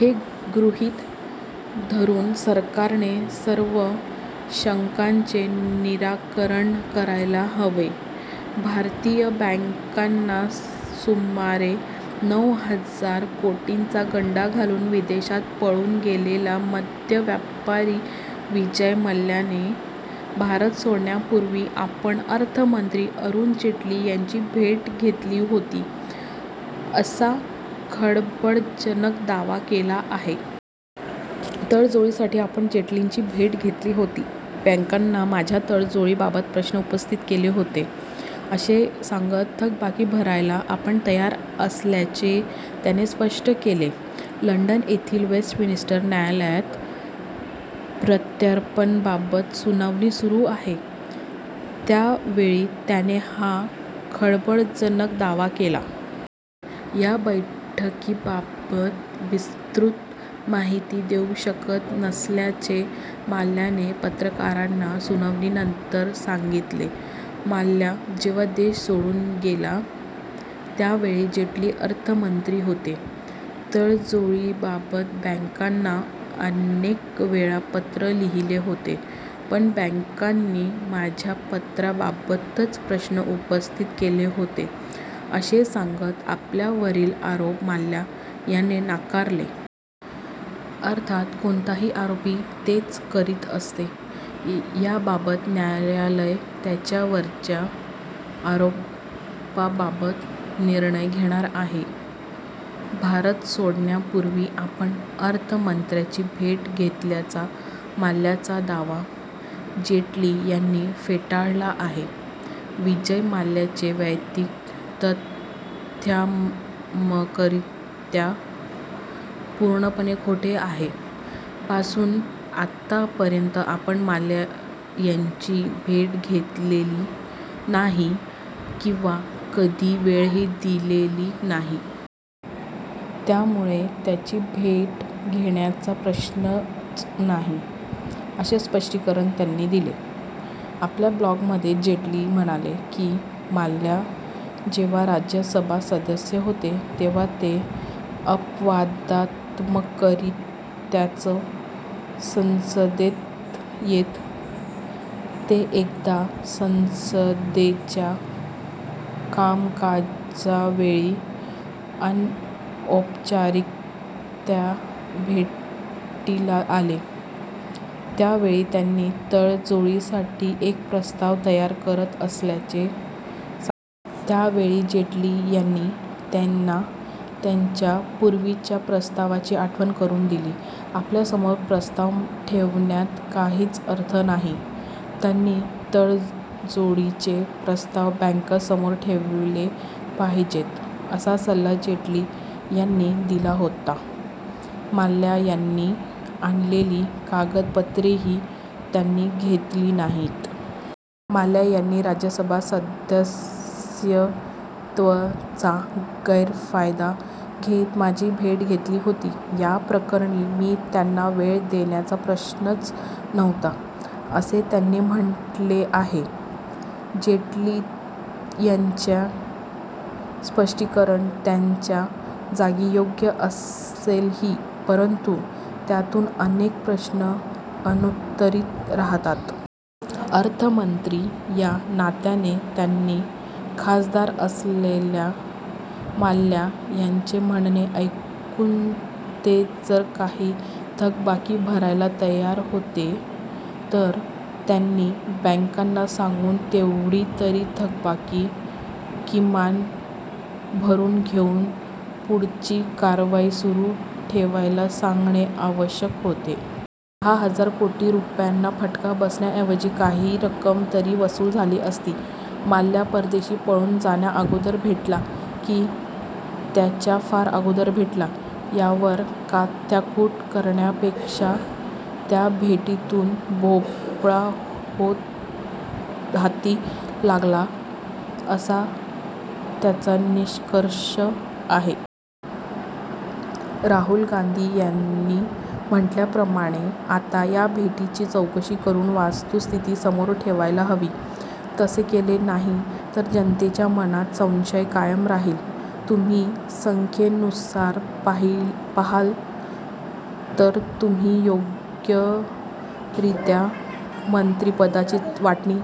हे गृहीत धरून सरकारने सर्व शंकांचे निराकरण करायला हवे. भारतीय बॅंकांना सुमारे नऊ हजार कोटींचा गंडा घालून विदेशात पळून गेलेला मद्य व्यापारी विजय मल्ल्याने भारत सोडण्यापूर्वी आपण अर्थमंत्री अरुण जेटली यांची भेट घेतली होती, असा खळबळजनक दावा केला आहे. तडजोडीसाठी आपण जेटलींची भेट घेतली होती. बॅंकांनी माझ्या तडजोडीबाबत प्रश्न उपस्थित केले होते, असे सांगत थकबाकी भरायला आपण तयार असल्याचेही त्याने स्पष्ट केले. लंडन येथील वेस्टमिनिस्टर न्यायालयात प्रत्यार्पणाबाबत सुनावणी सुरू आहे. त्या वेळी त्याने हा खळबळजनक दावा केला. या बैठकीबाबत विस्तृत माहिती देऊ शकत नसल्याचे मल्ल्याने पत्रकारांना सुनावणीनंतर सांगितले. मल्ल्या जेव्हा देश सोडून गेला, त्या वेळी जेटली अर्थमंत्री होते. तडजोडीबाबत बॅंकांना अनेकवेळा पत्र लिहिले होते; पण बॅंकांनी माझ्या पत्रांबाबतच प्रश्न उपस्थित केले होते, असे सांगत आपल्यावरील आरोप मल्ल्या याने नाकारले. अर्थात कोणताही आरोपी तेच करीत असतो. याबाबत न्यायालयच त्याच्यावरच्या आरोपाबाबत निर्णय घेणार आहे. भारत सोडण्यापूर्वी आपण अर्थमंत्र्यांची भेट घेतल्याचा मल्ल्यांचा दावा जेटली यांनी फेटाळला आहे. विजय मल्ल्याचे वक्तव्य तथ्यात्मकरित्या पूर्णपणे खोटे आहे. पासून आतापर्यंत आपण मल्ल्या यांची भेट घेतलेली नाही किंवा कधी वेळही दिलेली नाही. त्यामुळे त्यांची भेट घेण्याचा प्रश्नच नाही, असे स्पष्टीकरण त्यांनी दिले. आपल्या ब्लॉगमध्ये जेटली म्हणाले, की, मल्ल्या जेव्हा राज्यसभा सदस्य होते, तेव्हा ते अपवादात्मकरित्याच संसदेत येत. ते एकदा संसदेच्या कामकाजावेळी अनौपचारिकत्या भेटीला आले. त्या वेळी त्यांनी तडजोडीसाठी एक प्रस्ताव तयार करत असल्याचे सांगितले. त्या वेळी जेटली यांनी त्यांना त्यांच्या पूर्वीच्या प्रस्तावाची आठवण करून दिले. आपल्यासमोर प्रस्ताव ठेवण्यात काहीच अर्थ नाही. त्यांनी तडजोडीचे प्रस्ताव बॅंकांसमोर ठेवले पाहिजेत, असा सल्ला जेटली यांनी दिला होता. मल्ल्या यांनी आणलेली कागदपत्रेही त्यांनी घेतली नाहीत. मल्ल्या यांनी राज्यसभा सदस्यत्वाचा गैरफायदा घेत माझी भेट घेतली होती. याप्रकरणी मी त्यांना वेळ देण्याचा प्रश्नच नव्हता, असे त्यांनी म्हटले आहे. जेटली यांचे स्पष्टीकरण त्यांच्या जागी योग्य असेलही परंतु त्यातून अनेक प्रश्न अनुत्तरीत राहतात. अर्थमंत्री या नात्याने त्यांनी खासदार असलेल्या मल्ल्या यांचे म्हणणे ऐकून ते जर काही थकबाकी भरायला तयार होते, तर त्यांनी बॅंकांना सांगून तेवढी तरी थकबाकी किमान भरून घेऊन पुढची कारवाई सुरू ठेवायला सांगणे आवश्यक होते. दहा हजार कोटी रुपयांना फटका बसण्याऐवजी किमान काही रक्कम तरी वसूल झाली असती. मल्ल्या परदेशी पळून जाण्याअगोदर भेटला, की त्याच्या फार अगोदर भेटला, यावर काथ्याकुट करण्यापेक्षा त्या भेटीतून भोपळा हाती लागला, असा तिचा निष्कर्ष आहे. राहुल गांधी यांनी म्हटल्याप्रमाणे आता या भेटीची चौकशी करून वस्तुस्थिती समोर ठेवायला हवी. तसे केले नाही, तर जनतेच्या मनात संशय कायम राहील. तुम्ही संख्येनुसार पाहाल, तर आम्ही योग्यरित्या मंत्रिपदांची वाटणी